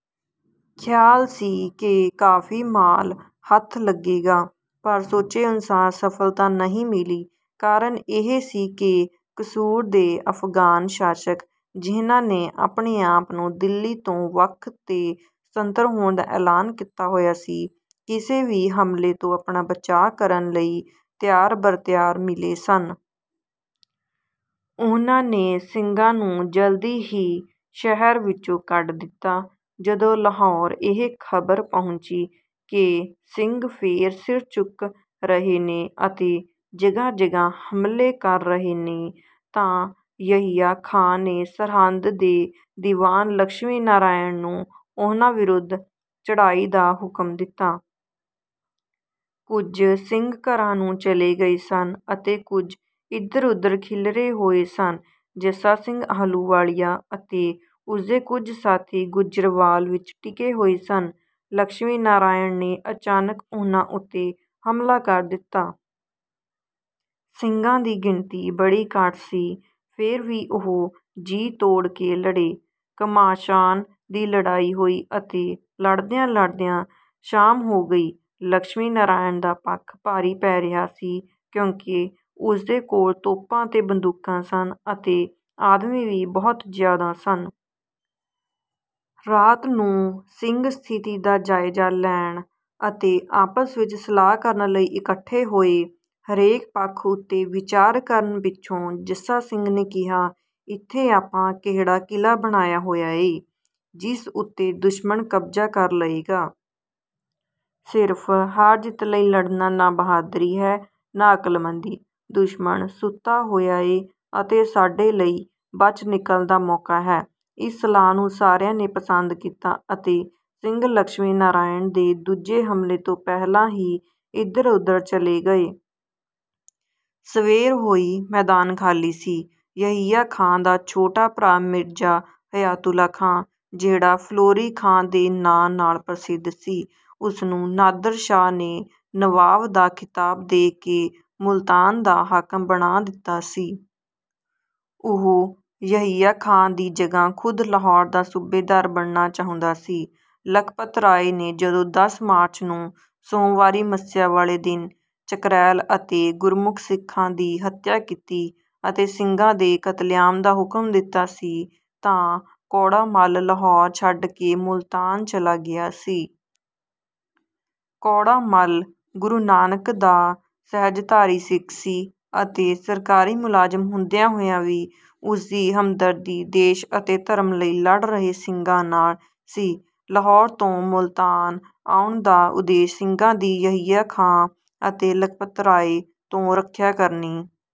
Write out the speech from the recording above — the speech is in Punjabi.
ਖ਼ਿਆਲ ਸੀ ਕਿ ਕਾਫ਼ੀ ਮਾਲ ਹੱਥ ਲੱਗੇਗਾ। ਪਰ ਸੋਚੇ ਅਨੁਸਾਰ ਸਫਲਤਾ ਨਹੀਂ ਮਿਲੀ। ਕਾਰਨ ਇਹ ਸੀ ਕਿ ਕਸੂਰ ਦੇ ਅਫ਼ਗਾਨ ਸ਼ਾਸਕ, ਜਿਹਨਾਂ ਨੇ ਆਪਣੇ ਆਪ ਨੂੰ ਦਿੱਲੀ ਤੋਂ ਵੱਖ ਤੇ ਸੁਤੰਤਰ ਹੋਣ ਦਾ ਐਲਾਨ ਕੀਤਾ ਹੋਇਆ ਸੀ, ਕਿਸੇ ਵੀ ਹਮਲੇ ਤੋਂ ਆਪਣਾ ਬਚਾਅ ਕਰਨ ਲਈ ਤਿਆਰ-ਬਰ-ਤਿਆਰ ਮਿਲੇ ਸਨ। ਉਹਨਾਂ ਨੇ ਸਿੰਘਾਂ ਨੂੰ ਜਲਦੀ ਹੀ ਸ਼ਹਿਰ ਵਿੱਚੋਂ ਕੱਢ ਦਿੱਤਾ। ਜਦੋਂ ਲਾਹੌਰ ਇਹ ਖ਼ਬਰ ਪਹੁੰਚੀ ਕਿ ਸਿੰਘ ਫੇਰ ਸਿਰ ਚੁੱਕ ਰਹੇ ਨੇ ਅਤੇ ਜਗ੍ਹਾ-ਜਗ੍ਹਾ ਹਮਲੇ ਕਰ ਰਹੇ ਨੇ, ਤਾਂ ਯਹੀਆ ਖਾਂ ਨੇ ਸਰਹਿੰਦ ਦੇ ਦੀਵਾਨ ਲਕਸ਼ਮੀ ਨਾਰਾਇਣ ਨੂੰ ਉਹਨਾਂ ਵਿਰੁੱਧ ਚੜ੍ਹਾਈ ਦਾ ਹੁਕਮ ਦਿੱਤਾ। ਕੁਝ ਸਿੰਘ ਘਰਾਂ ਨੂੰ ਚਲੇ ਗਏ ਸਨ ਅਤੇ ਕੁਝ ਇਧਰ-ਉਧਰ ਖਿੱਲਰੇ ਹੋਏ ਸਨ। ਜੱਸਾ ਸਿੰਘ ਆਹਲੂਵਾਲੀਆ ਅਤੇ ਉਸਦੇ ਕੁਝ ਸਾਥੀ ਗੁੱਜਰਵਾਲ ਵਿੱਚ ਟਿਕੇ ਹੋਏ ਸਨ। ਲਕਸ਼ਮੀ ਨਾਰਾਇਣ ਨੇ ਅਚਾਨਕ ਉਹਨਾਂ ਉੱਤੇ ਹਮਲਾ ਕਰ ਦਿੱਤਾ। ਸਿੰਘਾਂ ਦੀ ਗਿਣਤੀ ਬੜੀ ਘੱਟ ਸੀ, ਫੇਰ ਵੀ ਉਹ ਜੀਅ-ਤੋੜ ਕੇ ਲੜੇ। ਘਮਾਸਾਨ ਦੀ ਲੜਾਈ ਹੋਈ ਅਤੇ ਲੜਦਿਆਂ-ਲੜਦਿਆਂ ਸ਼ਾਮ ਹੋ ਗਈ। ਲਕਸ਼ਮੀ ਨਾਰਾਇਣ ਦਾ ਪੱਖ ਭਾਰੀ ਪੈ ਰਿਹਾ ਸੀ, ਕਿਉਂਕਿ ਉਸਦੇ ਕੋਲ ਤੋਪਾਂ ਅਤੇ ਬੰਦੂਕਾਂ ਸਨ ਅਤੇ ਆਦਮੀ ਵੀ ਬਹੁਤ ਜ਼ਿਆਦਾ ਸਨ। ਰਾਤ ਨੂੰ ਸਿੰਘ ਸਥਿਤੀ ਦਾ ਜਾਇਜ਼ਾ ਲੈਣ ਅਤੇ ਆਪਸ ਵਿੱਚ ਸਲਾਹ ਕਰਨ ਲਈ ਇਕੱਠੇ ਹੋਏ। ਹਰੇਕ ਪੱਖ ਉੱਤੇ ਵਿਚਾਰ ਕਰਨ ਪਿੱਛੋਂ ਜੱਸਾ ਸਿੰਘ ਨੇ ਕਿਹਾ, "ਇੱਥੇ ਆਪਾਂ ਕਿਹੜਾ ਕਿਲ੍ਹਾ ਬਣਾਇਆ ਹੋਇਆ ਏ, ਜਿਸ ਉੱਤੇ ਦੁਸ਼ਮਣ ਕਬਜ਼ਾ ਕਰ ਲਏਗਾ। ਸਿਰਫ਼ ਹਾਰ-ਜਿੱਤ ਲਈ ਲੜਨਾ ਨਾ ਬਹਾਦਰੀ ਹੈ, ਨਾ ਅਕਲਮੰਦੀ। ਦੁਸ਼ਮਣ ਸੁੱਤਾ ਹੋਇਆ ਏ ਅਤੇ ਸਾਡੇ ਲਈ ਬਚ ਨਿਕਲਣ ਦਾ ਮੌਕਾ ਹੈ।" ਇਸ ਸਲਾਹ ਨੂੰ ਸਾਰਿਆਂ ਨੇ ਪਸੰਦ ਕੀਤਾ ਅਤੇ ਸਿੰਘ ਲਕਸ਼ਮੀ ਨਾਰਾਇਣ ਦੇ ਦੂਜੇ ਹਮਲੇ ਤੋਂ ਪਹਿਲਾਂ ਹੀ ਇਧਰ-ਉਧਰ ਚਲੇ ਗਏ। ਸਵੇਰ ਹੋਈ, ਮੈਦਾਨ ਖਾਲੀ ਸੀ। ਯਹੀਆ ਖਾਂ ਦਾ ਛੋਟਾ ਭਰਾ ਮਿਰਜ਼ਾ ਹਯਾਤੁੱਲਾ ਖਾਂ, ਜਿਹੜਾ ਫਲੌਰੀ ਖਾਂ ਦੇ ਨਾਂ ਨਾਲ ਪ੍ਰਸਿੱਧ ਸੀ, ਉਸਨੂੰ ਨਾਦਰ ਸ਼ਾਹ ਨੇ ਨਵਾਬ ਦਾ ਖਿਤਾਬ ਦੇ ਕੇ ਮੁਲਤਾਨ ਦਾ ਹਾਕਮ ਬਣਾ ਦਿੱਤਾ ਸੀ। ਉਹ ਯਹੀਆ ਖਾਂ ਦੀ ਜਗ੍ਹਾ ਖ਼ੁਦ ਲਾਹੌਰ ਦਾ ਸੂਬੇਦਾਰ ਬਣਨਾ ਚਾਹੁੰਦਾ ਸੀ। ਲਖਪਤ ਰਾਏ ਨੇ ਜਦੋਂ ਦੱਸ ਮਾਰਚ ਨੂੰ, ਸੋਮਵਾਰੀ ਮੱਸਿਆ ਵਾਲੇ ਦਿਨ, ਚਕਰੈਲ ਅਤੇ ਗੁਰਮੁਖ ਸਿੱਖਾਂ ਦੀ ਹੱਤਿਆ ਕੀਤੀ ਅਤੇ ਸਿੰਘਾਂ ਦੇ ਕਤਲੇਆਮ ਦਾ ਹੁਕਮ ਦਿੱਤਾ ਸੀ, ਤਾਂ ਕੌੜਾ ਮੱਲ ਲਾਹੌਰ ਛੱਡ ਕੇ ਮੁਲਤਾਨ ਚਲਾ ਗਿਆ ਸੀ। ਕੌੜਾ ਮੱਲ ਗੁਰੂ ਨਾਨਕ ਦਾ ਸਹਿਜਧਾਰੀ ਸਿੱਖ ਸੀ ਅਤੇ ਸਰਕਾਰੀ ਮੁਲਾਜ਼ਮ ਹੁੰਦਿਆਂ ਹੋਇਆਂ ਵੀ ਉਸਦੀ ਹਮਦਰਦੀ ਦੇਸ਼ ਅਤੇ ਧਰਮ ਲਈ ਲੜ ਰਹੇ ਸਿੰਘਾਂ ਨਾਲ ਸੀ। ਲਾਹੌਰ ਤੋਂ ਮੁਲਤਾਨ ਆਉਣ ਦਾ ਉਦੇਸ਼ ਸਿੰਘਾਂ ਦੀ ਯਹੀਆ ਖਾਂ ਅਤੇ ਲਖਪਤ ਰਾਏ ਤੋਂ ਰੱਖਿਆ ਕਰਨੀ